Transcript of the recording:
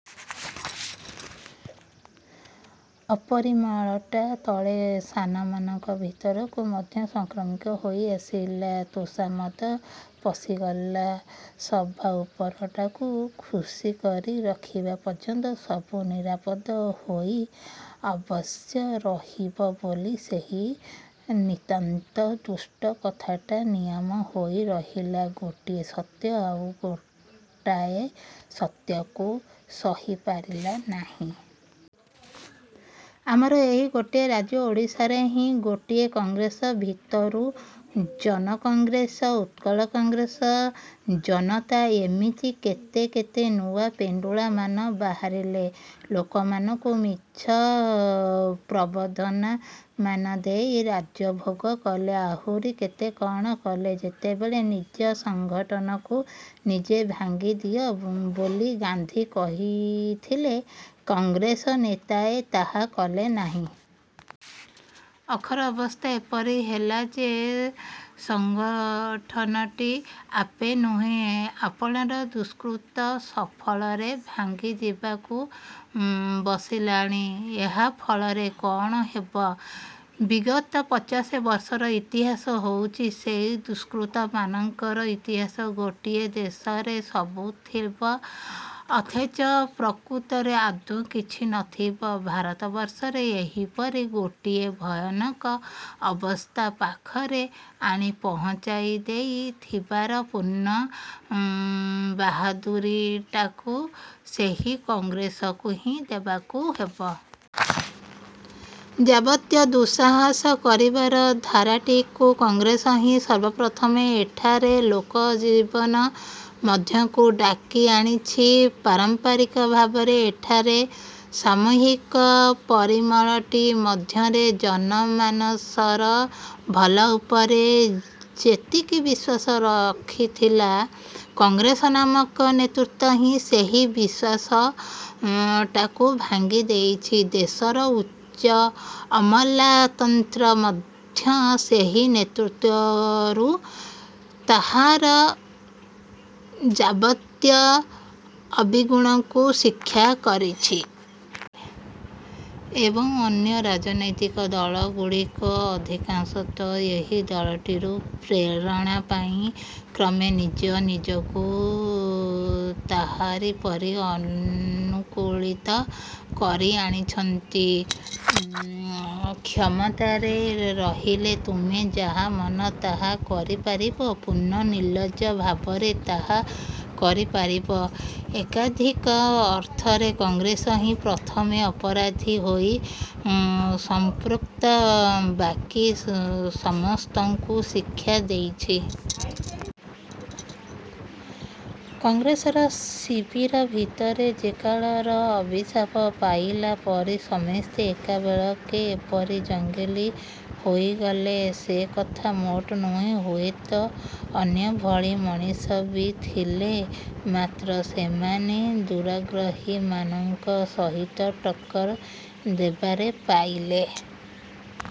ଅପରିମଳଟା ତଳେ ସାନମାନଙ୍କ ଭିତରକୁ ମଧ୍ୟ ସଂକ୍ରମିତ ହୋଇ ଆସିଲା। ତୋଷାମଦ ପଶିଗଲା। ସବାଉପରଟାକୁ ଖୁସିକରି ରଖିବା ପର୍ଯ୍ୟନ୍ତ ସବୁ ନିରାପଦ ହୋଇ ଅବଶ୍ୟ ରହିବ ବୋଲି ସେହି ନିତାନ୍ତ ଦୁଷ୍ଟ କଥାଟା ନିୟମ ହୋଇ ରହିଲା। ଗୋଟାଏ ସତ୍ୟ ଆଉ ଗୋଟାଏ ସତ୍ୟକୁ ସହି ପାରିଲା ନାହିଁ। ଆମର ଏହି ଗୋଟାଏ ରାଜ୍ୟ ଓଡ଼ିଶାରେ ହିଁ ଗୋଟାଏ କଂଗ୍ରେସ ଭିତରୁ ଜନକଂଗ୍ରେସ, ଉତ୍କଳ କଂଗ୍ରେସ, ଜନତା ଏମିତି କେତେ କେତେ ନୂଆ ପିଣ୍ଡୁଳାମାନ ବାହାରିଲେ। ଲୋକମାନଙ୍କୁ ମିଛ ପ୍ରବୋଧନାମାନ ଦେଇ ରାଜ୍ୟ ଭୋଗ କଲେ। ଆହୁରି କେତେ କ'ଣ କଲେ। ଯେତେବେଳେ ନିଜ ସଂଗଠନକୁ ନିଜେ ଭାଙ୍ଗିଦିଅ ବୋଲି ଗାନ୍ଧୀ କହିଥିଲେ, କଂଗ୍ରେସ ନେତାଏ ତାହା କଲେ ନାହିଁ। ଅଖର ଅବସ୍ଥା ଏପରି ହେଲା,। ଯେ, ସଂଗଠନଟି ଆପେ ନୁହେଁ, ଆପଣାର ଦୁଷ୍କୃତ ସଫଳରେ ଭାଙ୍ଗିଯିବାକୁ ବସିଲାଣି। ଏହା ଫଳରେ କ'ଣ ହେବ? ବିଗତ ପଚାଶ ବର୍ଷର ଇତିହାସ ହେଉଛି ସେହି ଦୁଷ୍କୃତମାନଙ୍କର ଇତିହାସ। ଗୋଟାଏ ଦେଶରେ ସବୁ ଥିବ, ଅଥଚ ପ୍ରକୃତରେ ଆଦୌ କିଛି ନଥିବ,– ଭାରତବର୍ଷରେ ଏହିପରି ଗୋଟିଏ ଭୟାନକ ଅବସ୍ଥା ପାଖରେ ଆଣି ପହଞ୍ଚାଇ ଦେଇ ଥିବାର ପୂର୍ଣ୍ଣ ବାହାଦୂରୀଟାକୁ ସେହି କଂଗ୍ରେସକୁ ହିଁ ଦେବାକୁ । ଯାବତୀୟ ଦୁଃସାହସ କରିବାର ଧାରାଟିକୁ କଂଗ୍ରେସ ହିଁ ସର୍ବପ୍ରଥମେ ଏଠାରେ ଲୋକଜୀବନ ମଧ୍ୟକୁ ଡାକି ଆଣିଛି। ପାରମ୍ପରିକ ଭାବରେ ଏଠାରେ ସାମୂହିକ ପରିମଳଟି ମଧ୍ୟରେ ଜନମାନସର ଭଲ ଉପରେ ଯେତିକି ବିଶ୍ୱାସ ରଖିଥିଲା, କଂଗ୍ରେସ ନାମକ ନେତୃତ୍ୱ ହିଁ ସେହି ବିଶ୍ୱାସଟାକୁ ଭାଙ୍ଗି ଦେଇଛି। ଦେଶର ଉଚ୍ଚ ଅମଲାତନ୍ତ୍ର ମଧ୍ୟ ସେହି ନେତୃତ୍ୱରୁ ତାହାର ଯାବତୀୟ ଅବିଗୁଣକୁ ଶିକ୍ଷା କରିଛି। ଏବଂ, ଅନ୍ୟ ରାଜନୀତିକ ଦଳଗୁଡ଼ିକ ଅଧିକାଂଶତଃ ଏହି ଦଳଟିରୁ ପ୍ରେରଣା ପାଇଁ କ୍ରମେ ନିଜ ନିଜକୁ ତାହାରି ପରି ଅନୁକୂଳିତ କରିଆଣିଛନ୍ତି। କ୍ଷମତାରେ ରହିଲେ ତୁମେ ଯାହା ମନ ତାହା କରିପାରିବ, ପୂର୍ଣ୍ଣ ନିର୍ଲଜ୍ଜ ଭାବରେ ତାହା କରିପାରିବ, ଏକାଧିକ ଅର୍ଥରେ କଂଗ୍ରେସ ହିଁ ପ୍ରଥମ ଅପରାଧୀ ହୋଇ ସମ୍ପୃକ୍ତ ବାକୀ ସମସ୍ତଙ୍କୁ ଶିକ୍ଷା ଦେଇଛି। କଂଗ୍ରେସର ଶିବିର ଭିତରେ ଯେ କାଳର ଅଭିଶାପ ପାଇଲା ପରି ସମସ୍ତେ ଏକାବେଳେକେ ଏପରି ଜଙ୍ଗଲୀ ହୋଇଗଲେ, ସେ କଥା ମୋଟ ନୁହେଁ। ହୁଏତ ଅନ୍ୟଭଳି ମଣିଷ ବି ଥିଲେ, ମାତ୍ର ସେମାନେ ଦୁରାଗ୍ରହୀମାନଙ୍କ ସହିତ ଟକ୍କର ଦେବାରେ ପାଇଲେ